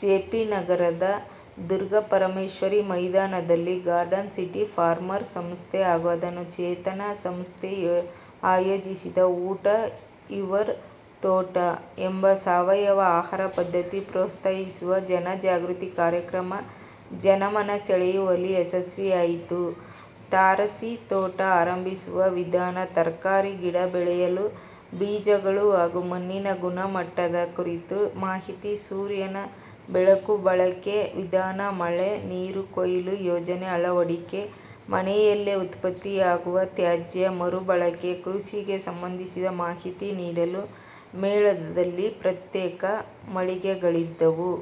J. P. ನಗರದ ದುರ್ಗಾಪರಮೇಶ್ವರಿ ಮೈದಾನದಲ್ಲಿ garden city farmer ಸಂಸ್ಥೆ ಹಾಗೂ ಅದಮ್ಯ ಚೇತನ ಸಂಸ್ಥೆ ಆಯೋಜಿಸಿದ್ದ ''''''ಊಟ ಯುವರ್ ತೋಟ'' ಎಂಬ ಸಾವಯವ ಆಹಾರ ಪದ್ಧತಿ ಪ್ರೋತ್ಸಾಹಿಸುವ ಜನಜಾಗೃತಿ ಕಾರ್ಯಕ್ರಮ ಜನಮನ ಸೆಳೆಯುವಲ್ಲಿ ಯಶಸ್ವಿಯಾಯಿತು. ತಾರಸಿ ತೋಟ ಆರಂಭಿಸುವ ವಿಧಾನ, ತರಕಾರಿ ಗಿಡ ಬೆಳೆಯಲು ಬೀಜಗಳು ಹಾಗೂ ಮಣ್ಣಿನ ಗುಣಮಟ್ಟದ ಕುರಿತು ಮಾಹಿತಿ, ಸೂರ್ಯನ ಬೆಳಕು ಬಳಕೆ ವಿಧಾನ, ಮಳೆ ನೀರು ಕೊಯ್ಲು ಯೋಜನೆ ಅಳವಡಿಕೆ, ಮನೆಯಲ್ಲೇ ಉತ್ಪತ್ತಿಯಾಗುವ ತ್ಯಾಜ್ಯ ಮರುಬಳಕೆ, ಕೃಷಿಗೆ ಸಂಬಂಧಿಸಿದ ಮಾಹಿತಿ ನೀಡಲು ಮೇಳದಲ್ಲಿ ಪ್ರತ್ಯೇಕ ಮಳಿಗೆಗಳಿದ್ದವು.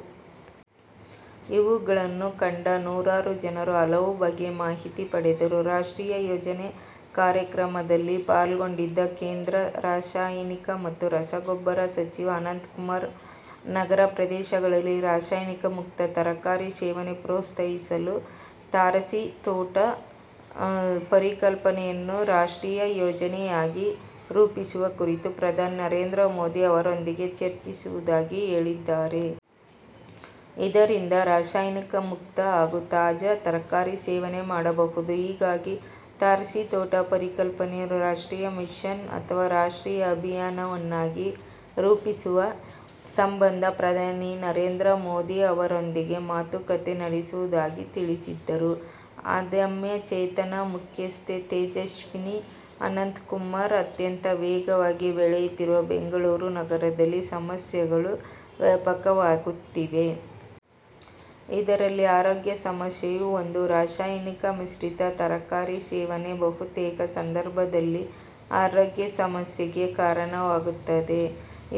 ಇವುಗಳನ್ನು ಕಂಡ ನೂರಾರು ಜನರು ಹಲವು ಬಗೆಯ ಮಾಹಿತಿ ಪಡೆದರು. ರಾಷ್ಟ್ರೀಯ ಯೋಜನೆ: ಕಾರ್ಯಕ್ರಮ ದಲ್ಲಿ ಪಾಲ್ಗೊಂಡಿದ್ದ ಕೇಂದ್ರ ರಾಸಾ ಯನಿಕ ಮತ್ತು ರಸಗೊಬ್ಬರ ಸಚಿವ ಅನಂತಕುಮಾರ್, ನಗರ ಪ್ರದೇಶಗಳಲ್ಲಿ ರಾಸಾಯನಿಕ ಮುಕ್ತ ತರಕಾರಿ ಸೇವನೆ ಪ್ರೋತ್ಸಾಹಿಸಲು ತಾರಸಿ ತೋಟ ಪರಿಕಲ್ಪನೆಯನ್ನು ರಾಷ್ಟ್ರೀಯ ಯೋಜನೆಯಾಗಿ ರೂಪಿಸುವ ಕುರಿತು ಪ್ರಧಾನಿ ನರೇಂದ್ರ ಮೋದಿ ಅವರೊಂದಿಗೆ ಚರ್ಚಿಸುವುದಾಗಿ ಹೇಳಿದ್ದಾರೆ. ಇದರಿಂದ ರಾಸಾಯನಿಕ ಮುಕ್ತ ಹಾಗೂ ತಾಜಾ ತರಕಾರಿ ಸೇವನೆ ಮಾಡಬಹುದು. ಹೀಗಾಗಿ, ತಾರಸಿ ತೋಟ ಪರಿಕಲ್ಪನೆಯನ್ನು ''''ರಾಷ್ಟ್ರೀಯ ಮಿಷನ್'' ಅಥವಾ ''''ರಾಷ್ಟ್ರೀಯ ಅಭಿಯಾನ''ವನ್ನಾಗಿ ರೂಪಿಸುವ ಸಂಬಂಧ ಪ್ರಧಾನಿ ನರೇಂದ್ರ ಮೋದಿ ಅವರೊಂದಿಗೆ ಮಾತುಕತೆ ನಡೆಸುವುದಾಗಿ ತಿಳಿಸಿದರು. ಅದಮ್ಯ ಚೇತನ ಮುಖ್ಯಸ್ಥೆ ತೇಜಸ್ವಿನಿ ಅನಂತ್ಕುಮಾರ್, ಅತ್ಯಂತ ವೇಗವಾಗಿ ಬೆಳೆಯುತ್ತಿರುವ ಬೆಂಗಳೂರು ನಗರದಲ್ಲಿ ಸಮಸ್ಯೆಗಳೂ ವ್ಯಾಪಕವಾಗುತ್ತಿವೆ. ಇದರಲ್ಲಿ ಆರೋಗ್ಯ ಸಮಸ್ಯೆಯೂ ಒಂದು. ರಾಸಾಯನಿಕ ಮಿಶ್ರಿತ ತರಕಾರಿ ಸೇವನೆ ಬಹುತೇಕ ಸಂದರ್ಭದಲ್ಲಿ ಆರೋಗ್ಯ ಸಮಸ್ಯೆಗೆ ಕಾರಣವಾಗುತ್ತದೆ.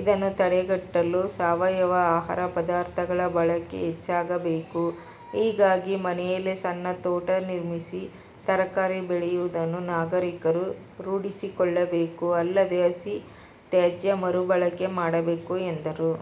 ಇದನ್ನು ತಡೆಗಟ್ಟಲು ಸಾವಯವ ಆಹಾರ ಪದಾರ್ಥಗಳ ಬಳಕೆ ಹೆಚ್ಚಾಗಬೇಕು. ಹೀಗಾಗಿ, ಮನೆಯಲ್ಲೇ ಸಣ್ಣ ತೋಟ ನಿರ್ಮಿಸಿ ತರಕಾರಿ ಬೆಳೆಯುವುದನ್ನು ನಾಗರಿಕರು ರೂಢಿಸಿಕೊಳ್ಳಬೇಕು. ಅಲ್ಲದೆ, ಹಸಿ ತ್ಯಾಜ್ಯ ಮರುಬಳಕೆ ಮಾಡಬೇಕು ಎಂದರು.